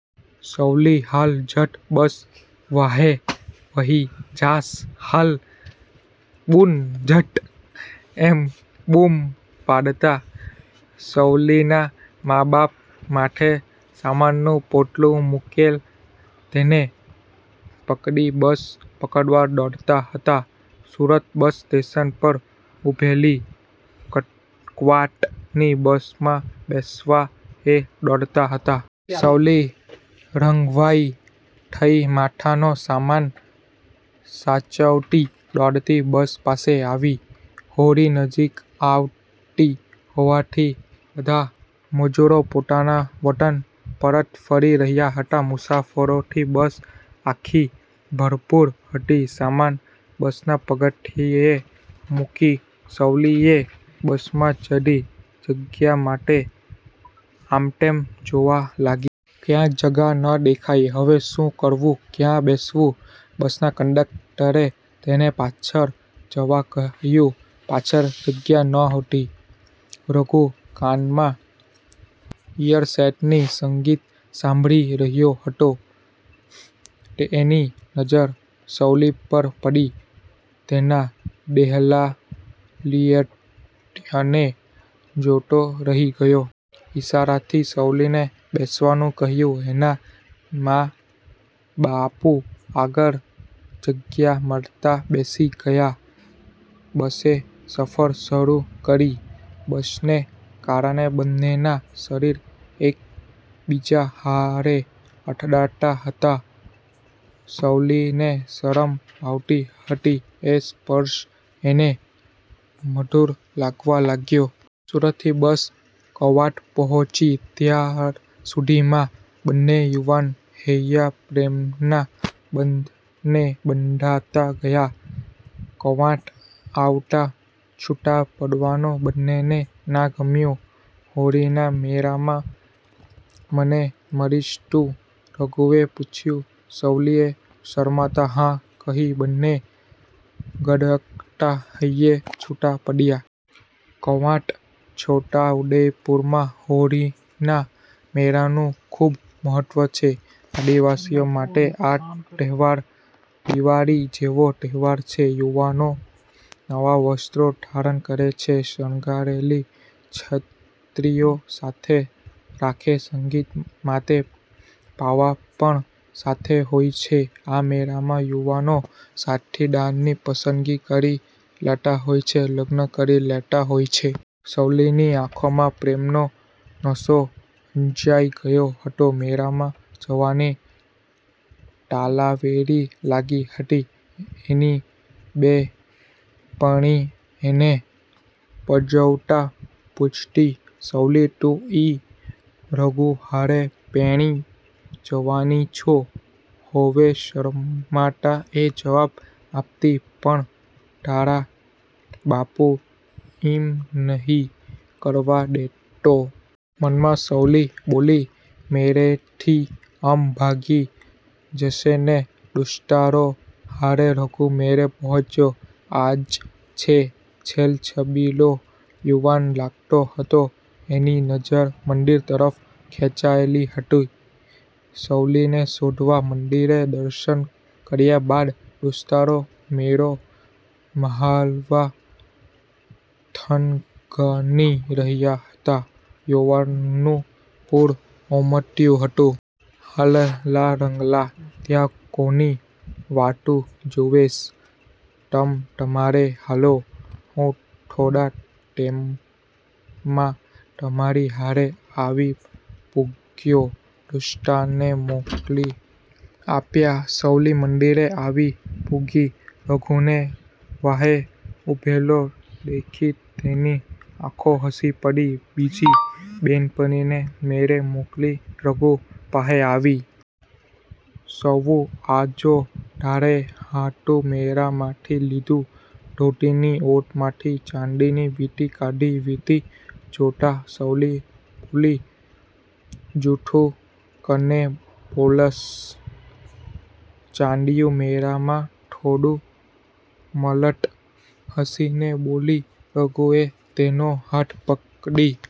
"સવલી હાલ ઝટ, બસ વાંહે વહી જાશ, હાલ બુન ઝટ," એમ બૂમ પાડતાં સવલીના મા-બાપ માથે સામાનનું પોટલું મૂકેલ તેને પકડી બસ પકડવા દોડતા હતા. સુરત બસ સ્ટેશન પર ઊભેલી કવાંટની બસમાં બેસવા એ દોડતા હતા. સવલી રઘવાઈ થઈ માથાનો સામાન સાચવતી દોડતી બસ પાસે આવી. હોળી નજીક આવતી હોવાથી બધા મજૂરો પોતાના વતન પરત ફરી રહ્યા હતા. મુસાફરોથી બસ આખી ભરપૂર હતી. સામાન બસના પગથિયે મૂકી સવલી એ બસમાં ચઢી, જગ્યા માટે આમતેમ જોવા લાગી. ક્યાંય જગા ના દેખાઈ. હવે શું કરવું? ક્યાં બેસવું? બસના કંડકટરે એને પાછળ જવા કહ્યું. પાછળ જગ્યા નહોતી. રઘુ કાનમાં ઈઅરસેટથી સંગીત સાંભળી રહ્યો હતો, એની નજર સવલી પર પડી. તેના દેહલાલિત્યને જોતો રહી ગયો. ઈશારાથી સવલીને બેસવાનું કહ્યું. એના મા-બાપુ આગળ જગ્યા મળતા બેસી ગયા. બસે સફર શરૂ કરી. બસને કારણે બંનેના શરીર એકબીજા હારે અથડાતાં હતા. સવલીને શરમ આવતી હતી. એ સ્પર્શ એને મધુર લાગવા લાગ્યો. સુરતથી બસ કવાંટ પહોંચી, ત્યાર સુધીમાં બંને યુવાન હૈયા પ્રેમના બંધને બંધાતા ગયા. કવાંટ આવતાં છૂટા પડવાનું બંનેને ના ગમ્યું. "હોળીના મેળામાં મને મળીશ તું?" રઘુએ પૂછ્યું. સવલીએ શરમાતા "હા" કહી! બંને ધડકતા હૈયે છૂટા પડ્યા. કવાંટ-છોટાઉદેપુરમાં હોળીના મેળાનું ખૂબ મહત્વ છે. આદિવાસીઓ માટે આ તહેવાર દિવાળી જેવો તહેવાર છે. યુવાનો નવા વસ્ત્રો ધારણ કરે છે, શણગારેલી છત્રીઓ સાથે રાખે, સંગીત માટે પાવા પણ સાથે હોય છે. આ મેળામાં યુવાનો સાથીદારની પસંદગી કરી લેતા હોય છે, લગ્ન કરી લેતા હોય છે. સવલીની આંખોમાં પ્રેમનો નશો અંજાય ગયો હતો, મેળામાં જવાની તાલાવેલી લાગી હતી. એની બે'નપણી એને પજવતાં પૂછતી, "સવલી તું ઈ રઘુ હારે પૈણી જવાની છો?" "હોવે" શરમાતાં એ જવાબ આપતી. "પણ તારા બાપુ ઈમ નહીં કરવા દેતો?" મનમાં સવલી બોલી,"મેળેથી અમ ભાગી જશેને" દોસ્તારો હારે રઘુ મેળે પહોંચ્યો. આજ એ છેલછબીલો યુવાન લાગતો હતો. એની નજર મંદિર તરફ ખેંચાયેલી હતી, સવલીને શોધવા. મંદિરે દર્શન કર્યા બાદ, દોસ્તારો મેળો મહાલવા થનગની રહ્યા હતા, યૌવનનું પૂર ઉમટ્યું હતું. "હાલ-લા રંગલા, ત્યાં કોની વાટુ જુવેશ?" "તમ તમારે હાલો, હું થોડા ટેમમાં તમારી હારે આવી પૂગ્યો." દોસ્તારને મોકલી આપ્યા. સવલી મંદિરે આવી પૂગી. રઘુને વાંહે ઊભેલો દેખી તેની આંખો હસી પડી. બીજી બે'નપણીને મેળે મોકલી રઘુ પાંહે આવી. "સવુ આ જો, તારે હાટુ મેળામાંથી લીધું." ધોતીની ઓટમાંથી ચાંદીની વીંટી કાઢી. વીંટી જોતાં સવલી બોલી, "જુઠુ કને બોલશ? ચાંદીયુ મેળામાં થોડું મલત?" હસીને બોલી. રઘુએ તેનો હાથ પકડી